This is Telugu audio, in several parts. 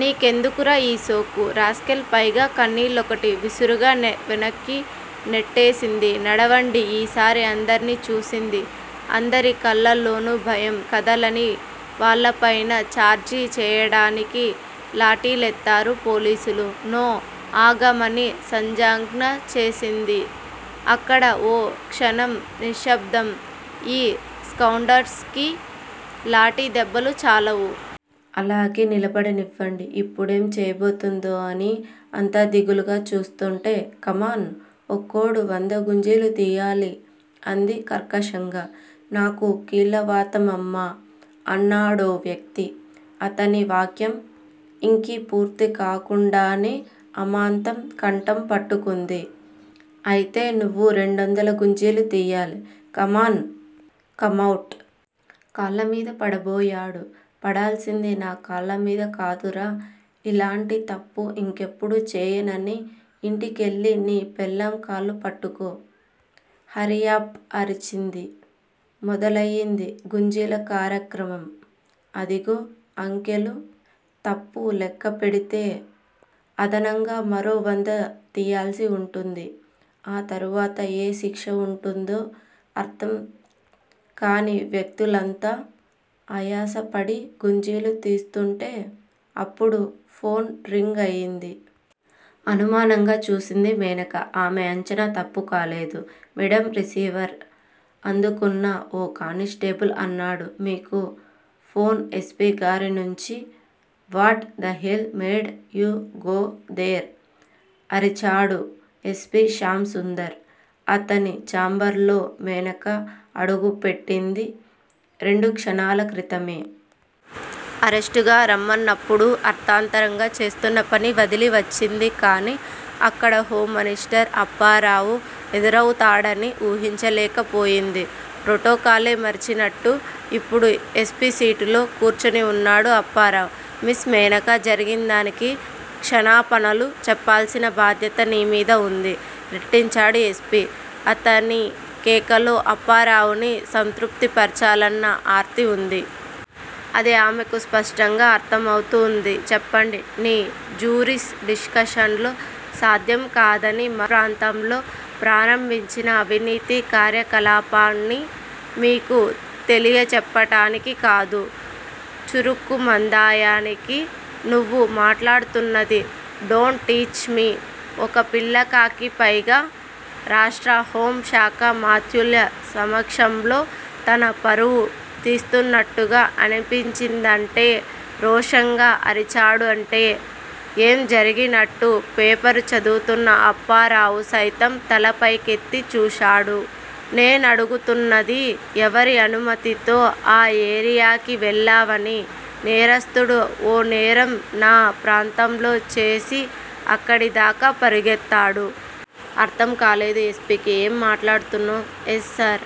నీ కెందుకురా ఈ షోకు? రాస్కెల్ పైగా కళ్ళనీళ్ళొకటి! విసురుగా వెనక్కి నెట్టేసింది. నడవండి. ఈసారి అందర్నీ చూసింది. అందరి కళ్ళలోనూ భయం. కదలని వాళ్ళపైన ఛార్జీ చేయడానికి లాఠీలెత్తారు పోలీసులు. నో! అగమని సంజ్ఞచేసింది. అక్కడ ఓ క్షణం నిశ్సబ్దం. ఈ స్కౌండ్రల్స్ కి లాఠీ దెబ్బలు చాలవు. అలాగే నిలబడనివ్వండి. ఇప్పుడేం చేయబోతుందో అని అంతా దిగులుగా చూస్తుంటే కమాన్ ఒక్కోడూ వంద గుంజీలు తీయాలి అంది కర్కశంగా. నాకు కీళ్ళవాతమమ్మా. అన్నాడో వ్యక్తి. అతని వాక్యం ఇంకీ పూర్తికాకుండానే అమాంతం కంఠం పట్టుకుంది. అయితే, నువ్వు రెండొందల గుంజీలు తీయాలి. Come on-- come out! కాళ్ళమీద పడబోయాడు. పడాల్సింది నా కాళ్ళమీద కాదురా ఇలాంటి తప్పు ఇంకెప్పుడూ చేయనని ఇంటికెళ్ళినీ పెళ్ళాం కాళ్ళు పట్చుకో. హర్రియప్ అరిచింది. మొదలయింది గుంజీల కార్యక్రమం. అదిగో అంకెలు తప్పు లెక్కపెడితే అదనంగా మరో వందతీయాల్సి ఉంటుంది. ఆ తరువాత ఏ శిక్ష ఉంటుందో అర్థంకాని వ్యక్తులంతా ఆయాసపడి గుంజీలు తీస్తుంటే అప్పుడు ఫోన్ రింగయింది. అనుమానంగా చూసింది మేనక. ఆమె ఆంచనా తప్పు కాలేదు. మేడం రిసీవరు అందుకున్న ఓ కానిస్టేబుల్ అన్నాడు మీకు ఫోన్ ఎస్పీ గారి నుంచి. What the hell made you go there? అరిచాడు ఎస్పీ శ్యాం సుందర్. అతని ఛాంబర్ లో మేనక అడుగుపెట్టింది రెండు క్షణాల క్రితమే. అర్జెంటుగా రమ్మన్నప్పుడు అర్థాంతరంగా చేస్తున్న పని వదిలి వచ్చింది కాని, అక్కడ హోంమనిస్టర్ అప్పారావు ఎదురౌతాడని ఊహించలేకపోయింది. ప్రోటోకాలే మరిచినట్టు ఇప్పుడు ఎస్సీసీటులో కూర్చునిఉన్నాడు అప్పారావు. మిస్ మేనకా జరిగిందానికి క్షణాపణలు చెప్పాల్సిన బాధ్యత నీమీద ఉంది. రెట్టించాడు ఎస్పీ. అతని కేకలో అప్పారావుని సంతృప్తి పరచాలన్న ఆర్తి ఉంది. అది ఆమెకు స్పష్టంగా అర్థమౌతూంది. చెప్పండి. నీ జూరిస్ డిక్షనులో సాధ్యం కాదని మరో ప్రాంతంలో ప్రారంభించిన అవినీతి కార్యకలాపాల్ని మీకు తెలియచెప్పటానికి కాదు. చరుక్కుమందాయనికి- నువ్వు మాట్లాడుతున్నది. Don't teach me! ఒక పిల్లకాకి పైగా రాష్ట్ర్రహోం శాఖామాత్యులసమక్షంలో తన పరువు తీస్తున్నట్టుగా అనిపించిందంటే, రోషంగా అరిచాడూ అంటే, ఏమీ జరగనట్టు పేపరు చదువుతున్న అప్పారావు సైతం తలపేకెత్తి చూశాడు- నేనడుగుతున్నది ఎవరి అనుమతితో ఆ ఏరియాకివెళ్ళావని నేరస్థుడు ఓ నేరం నా ప్రాంతంలో చేసి అక్కడిదాకా పరుగెత్తాడు. అర్థం కాలేదు ఎస్పీకి. ఏం మాట్లాడుతున్నావు? ఎస్సర్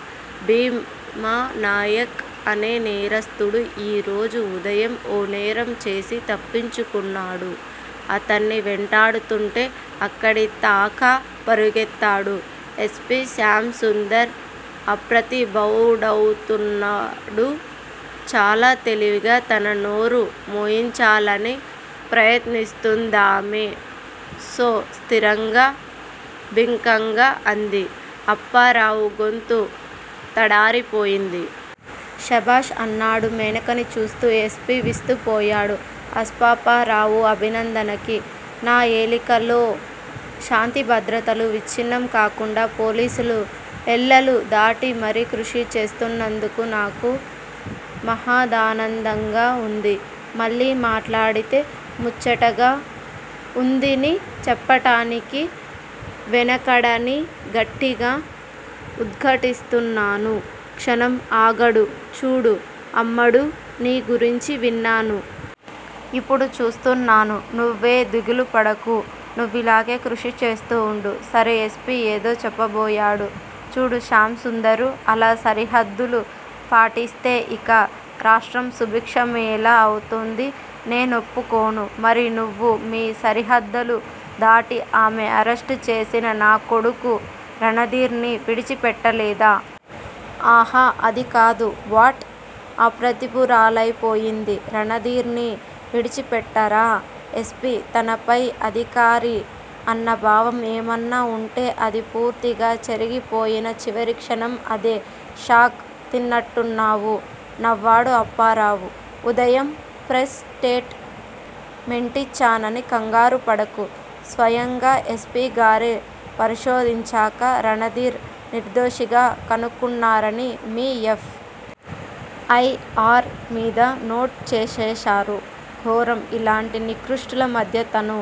భీమనాయక్ అనే నేరస్థుడు ఈరోజు ఉదయం ఓ నేరం చేసి తప్పించుకున్నాడు. అతన్ని వెంటాడుతుంటే అక్కడితాకా పరుగెత్తాడు. ఎస్పీ శ్యామసుదంర్ అప్రతిభూడౌతున్నడు చాలా తెలివిగా తన నోరు మూయించాలని ప్రయత్నిస్తూందామె. సో స్థిరంగా, బింకంగా అంది. అప్పారావు గొంతు తడారిపోయింది. శభాష్! అన్నాడు మేనకనిచూస్తూ ఎస్పీ విస్తుపోయాడు అప్సపారావు అభినందనకి. నా ఏలికలో శాంతిభద్రతలు విచ్ఛిన్నం కాకుండా పోలీసులు ఎల్లలు దాటి మరీ కృషీ చేస్తున్నందుకు నాకు మహదానందంగా ఉంది. మళ్ళీ మట్లాడితే ముచ్చటగా ఉందిని చెప్పడానికి వెనకడని గట్టిగా ఉద్ఘాటిస్తున్నాను. క్షణం ఆగాడు. చూడు అమ్మడూ, నీ గురించి విన్నాను. ఇప్పుడు చూస్తున్నాను. నువ్వే దిగులుపడకు. నువ్విలాగే కృషి చేస్తూండు. సర్ ఎస్పీ ఏదో చెప్పబోయాడు. చూడు శ్యాం సుందరూ! అలా సరిహద్దులు పాటిస్తే ఇక రాష్ట్ర్రంసుభిక్షమెలా అవుతుంది? నే నొప్పుకోను. మరి నువ్వు మీ సరిహద్ధలు దాటి ఆమె ఆరెస్టు చేసిన నా కొడుకు రణదీర్ ని విడిచిపెట్టలేదా? అహ- అదికాదు వ్వాట్? అప్రతిభురాలైపోయింది- రణధీర్ ని విడిచిపెట్టారా? ఎస్పీ- తనపై అధికారి అన్న భావం ఏమన్నా ఉంటే అది పూర్తిగా చెరిగిపోయిన చివరిక్షణం అదే. షాక్ తిన్నట్టున్నావు! నవ్వాడు అప్పారావు. ఉదయం ప్రెస్ స్టేట్ మెంటిచ్చానని కంగారుపడకు. స్వయంగా ఎస్పీ గారే పరిశోధించాక రణధీర్ నిర్దోషిగా కనుక్కున్నారని మీ ఎఫ్. ఐ. ఆర్. మీద నోట్ రేసేశారు. ఘోరం! ఇలాంటి నికృష్ఠుల మధ్య తను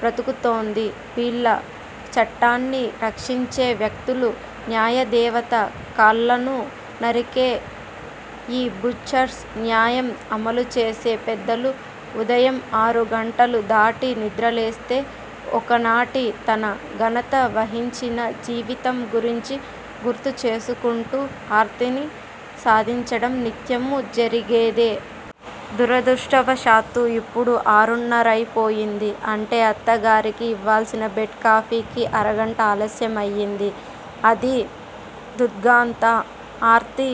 బ్రతుకుతోంది! వీళ్ళాచట్టాన్ని రక్షించే వ్యక్తులు? న్యాయదేవత కాళ్ళను నరికే ఈ 'బుచ్చర్స్ ' న్యాయం అమలు చేసే పెద్దలు. ఉదయం ఆరు గంటలు దాటి నిద్రలేస్తే ఒకనాటి తన ఘనత వహించిన జీవితం గురించి గుర్తుచేసుకుంటూ ఆర్తిని సాధించడం నిత్యమూ జరిగేదే. దురదృష్టవశాత్తూ ఇప్పుడు ఆరున్నరయిపోయింది. అంటే అత్తగారికి ఇవ్వాల్సిన బెడ్ కాఫీకి అరగంట ఆలస్యమైంది. అదీ దుగ్ధంతా. ఆర్తి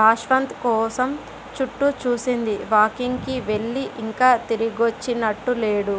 భాస్వంత్ కోసం చుట్టూ చూసింది. వాకింగ్ కి వెళ్ళి ఇంకా తిరిగొచ్చినట్టులేడు.